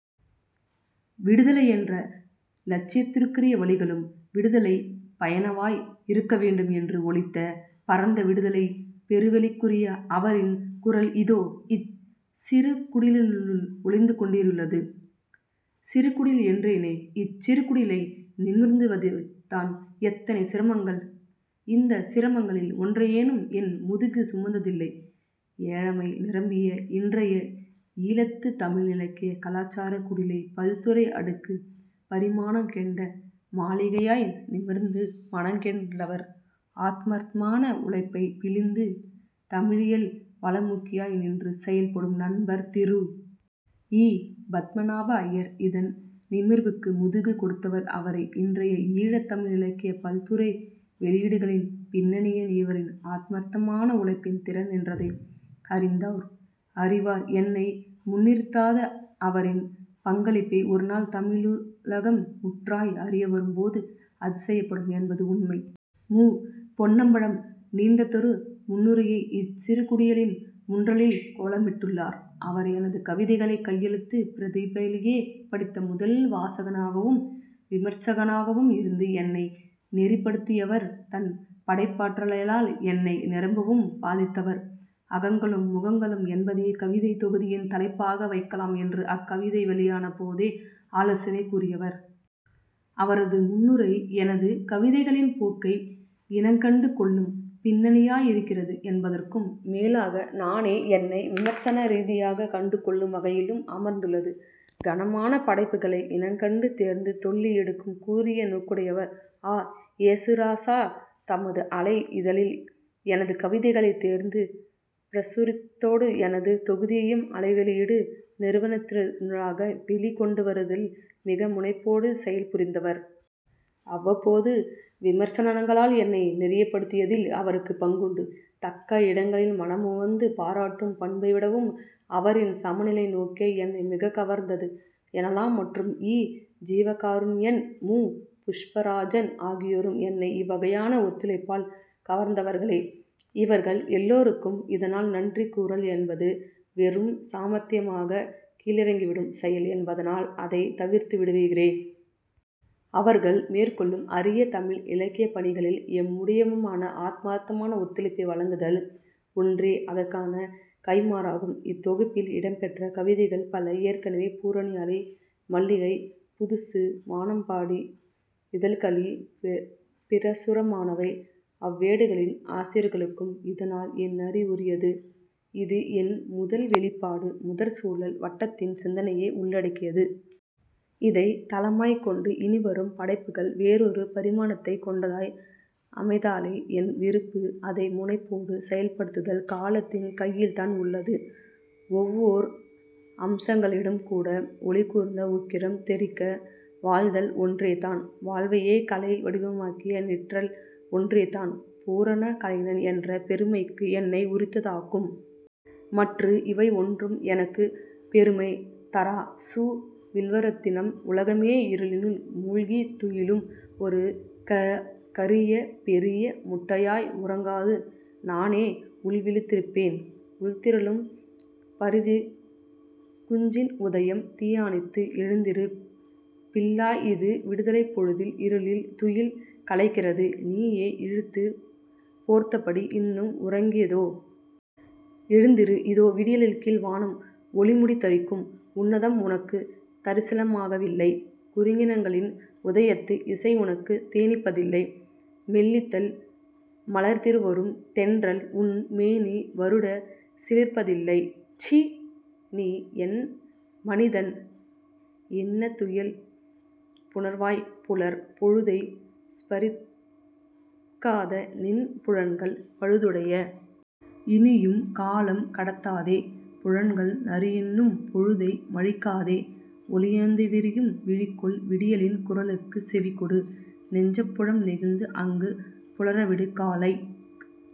விடுதலை என்ற இலட்சியத்துக்குரிய வழிகளும் விடுதலை பயனவாய் இருக்கவேண்டும் என்று ஒலித்த பரந்த விடுதலைப் பெருவெளிக்குரிய அவரின் குரல் இதே இச் சிறுகுடிலினுள்ளும் ஒலித்துக்கொண்டேயுள்ளது சிறுகுடில் என்றேனா? இச் சிறுகுடிலை நிமிர்த்துவதில்தான் எத்தனை சிரமங்கள். இந்தச் சிரமங்களில் ஒன்றையேனும் என் முதுகு சுமந்ததில்லை ஏழைமை நிரம்பிய இன்றைய ஈழத்துத் தமிழ் இலக்கிய கலாசாரக் குடிலை பல்துறை அடுக்குப் பரிமாணங்கெண்ட மாளிகையாய் நிமிர்த் மனங்கெண்டவர் ஆத்மார்த்தமான உழைப்பைப் பிழிந்து தமிழியல் வளமூக்கியாய் நின்று செயல்படும் நண்பர் திரு. இ. பத்மநாப ஐயர். இதன் நிமிர்வுக்கும் முதுகு கொடுத்தவர் அவரே. இன்றைய ஈழத் தமிழ் இலக்கிய பல்துறை வெளியீடுகளின் பின்னணியின் இவரின் ஆத்மார்த்தமான உழைப்பின் திறன் நின்றதை அறிந்தோர் அறிவார். தன்னை முன்னிறுத்தாத அவரின் பங்களிப்பை ஒருநாள் தமிழுலகம் முற்றாய் அறியவரும்போது அதிசயப்படும் என்பது உண்மை. மு. பொன்னம்பலம் நீண்டதொரு முன்னுரையை இச் சிறுகுடிலின் முன்றலில் கோலமிட்டுள்ளார். அவர் எனது கவிதைகளைக் கையெழுத்துப் பிரதிபயிலேயே படித்த முதல் வாசகனாகவும் விமர்சகனாகவும் இருந்து என்னை நெறிப்படுத்தியவர். தன் படைப்பாற்றலால் என்னை நிரம்பவும் பாதித்தவர் அகங்களும் முகங்களும் என்பதையே கவிதைத் தொகுதியின் தலைப்பாக வைக்கலாம் என்று அக் கவிதை வெளியான போதே ஆலோசனை கூறியவர். அவரது முன்னுரை எனது கவிதைகளின் போக்கை இனங்கண்டு கொள்ளும் பின்னணியாய் இருக்கிறது என்பதற்கும் மேலாக நானே என்னை விமர்சன ரீதியாகக் கண்டுகொள்ளும் வகையிலும் அமைந்துள்ளது. கனமான படைப்புகளை இனங்கண்டு தேர்ந்து தெள்ளி எடுக்கும் கூரிய நோக்குடையவர் அ. யேசுராசா. தமது அலை இதழில் எனது கவிதைகளைத் தேர்ந்து பிரசுரித்ததோடு எனது தொகுதியையும் அலை வெளியீடு நிறுவனத்தினூடாக வெளிக் கொண்டுவர்தில் மிக முனைப்போடு செயல்புரிந்தவர். அவ்வப்போது விமர்சனங்களால் என்னை நெறிப்படுத்தியதில் அவருக்கும் பங்குண்டு. தக்க இடங்களில் மனமுவந்து பாராட்டும் பண்பைவிடவும் அவரின் சமநிலை நோக்கே என்னை மிகக் கவர்ந்தது எனலாம் மற்றும் இ. ஜீவகாருண்யன் மு. புஷ்பராஜன் ஆகியோரும் என்னை இவ்வகையான ஒத்துழைப்பால் கவர்ந்தவர்களே. இவர்கள் எல்லோருக்கும் இதனால் நன்றி கூறல் என்பது வெறும் சாம்பித்யமாகக் கீழிறங்கிவிடும் செயல் என்பதனால் அதைத் தவிர்த்துவிடுகிறேன். அவர்கள் மேற்கொள்ளும் அரிய தமிழ் இலக்கியப்பணிகளில் எம்முடையவுமான ஆத்மார்த்த ஒத்துழைப்பை வழங்குதல் ஒன்றே அதற்கான கைமாறாகும். இத்தொகுப்பில் இடம்பெற்ற கவிதைகள் பல ஏற்கனவே பூரணி அலை மல்லிகை புதுசு வானம்பாடி இதழ்களி பிரசுரமானவை. அவ்வேடுகளின் ஆசிரியர்களுக்கும் இதனால் என் நறி உரியது. இது என் முதல் வெளிப்பாடு முதற் சுழல் வட்டத்தின் சிந்தனையே உள்ளடக்கியது. இதைத் தளமாய்க்கொண்டு இனிவரும் படைப்புகள் வேறொரு பரிமாணத்தைக் கொண்டதாய் அமைதாலே என் விருப்பு. அதை முனைப்போடு செயல்படுத்துதல் காலத்தின் கையில்தான் உள்ளது. ஒவ்வோர் அம்சங்களிலும்கூட ஒளிகூர்ந்த உக்கிரம் தெறிக்க வாழ்தல் ஒன்றேதான் வாழ்வையே கலை வடிவமாக்கி நிற்றல் ஒன்றேதான் பூரண கலைஞன் என்ற பெருமைக்கு என்னை உரித்தது ஆக்கும். மற்று இவை ஒன்றும் எனக்குப் பெருமை தரா. சு. வில்வரத்தினம் உலகமே இருளினுள் மூழ்கித் துயிலும் ஒரு கரீய பெரீய முட்டையாய். உறங்காது நானோ உள்விழித்திருப்பேன். உள்திரளும் பரிதிக் குஞ்சின் உதயம் தியானித்து. எழுந்திரு பிள்ளாய் இது விடுதலைப் பொழுது இருளின் துயில் கலைகிறது நீயே இழுத்துப் போர்த்தபடி இன்னம் உறங்கியதோ? எழுந்திரு. இதோ விடியலில் கீழ் வானம் ஒளிமுடி தரிக்கும் உன்னதம் உனக்குத் தரிசனமாகவில்லை. குருகினங்களின் உதயத்து இசை உனக்குத் தேனிப்பதில்லை. மெல்லிதழ் மலர்த்தி வரும் தென்றல் உன் மேனி வருடச் சிலிர்ப்பதில்லை. சீ! நீ என் மனிதன் என்னந் துயில் புணர்வாய் புலர் பொழுதை ஸ்பரிசிக்காத நின் புலன்கள் பழுதுடைய. இனியும் காலம் கடத்தாதே புலன்கள் நறையுண்ணும் பொழுதை மழிக்காதே. ஒலியேந்தவிரியும் விழிகொள் விடியலின் குரலுக்குச் செவிகொடு. நெஞ்சப்புலம் நெகிழ்ந்து அங்கு புலரவிடு காலைப்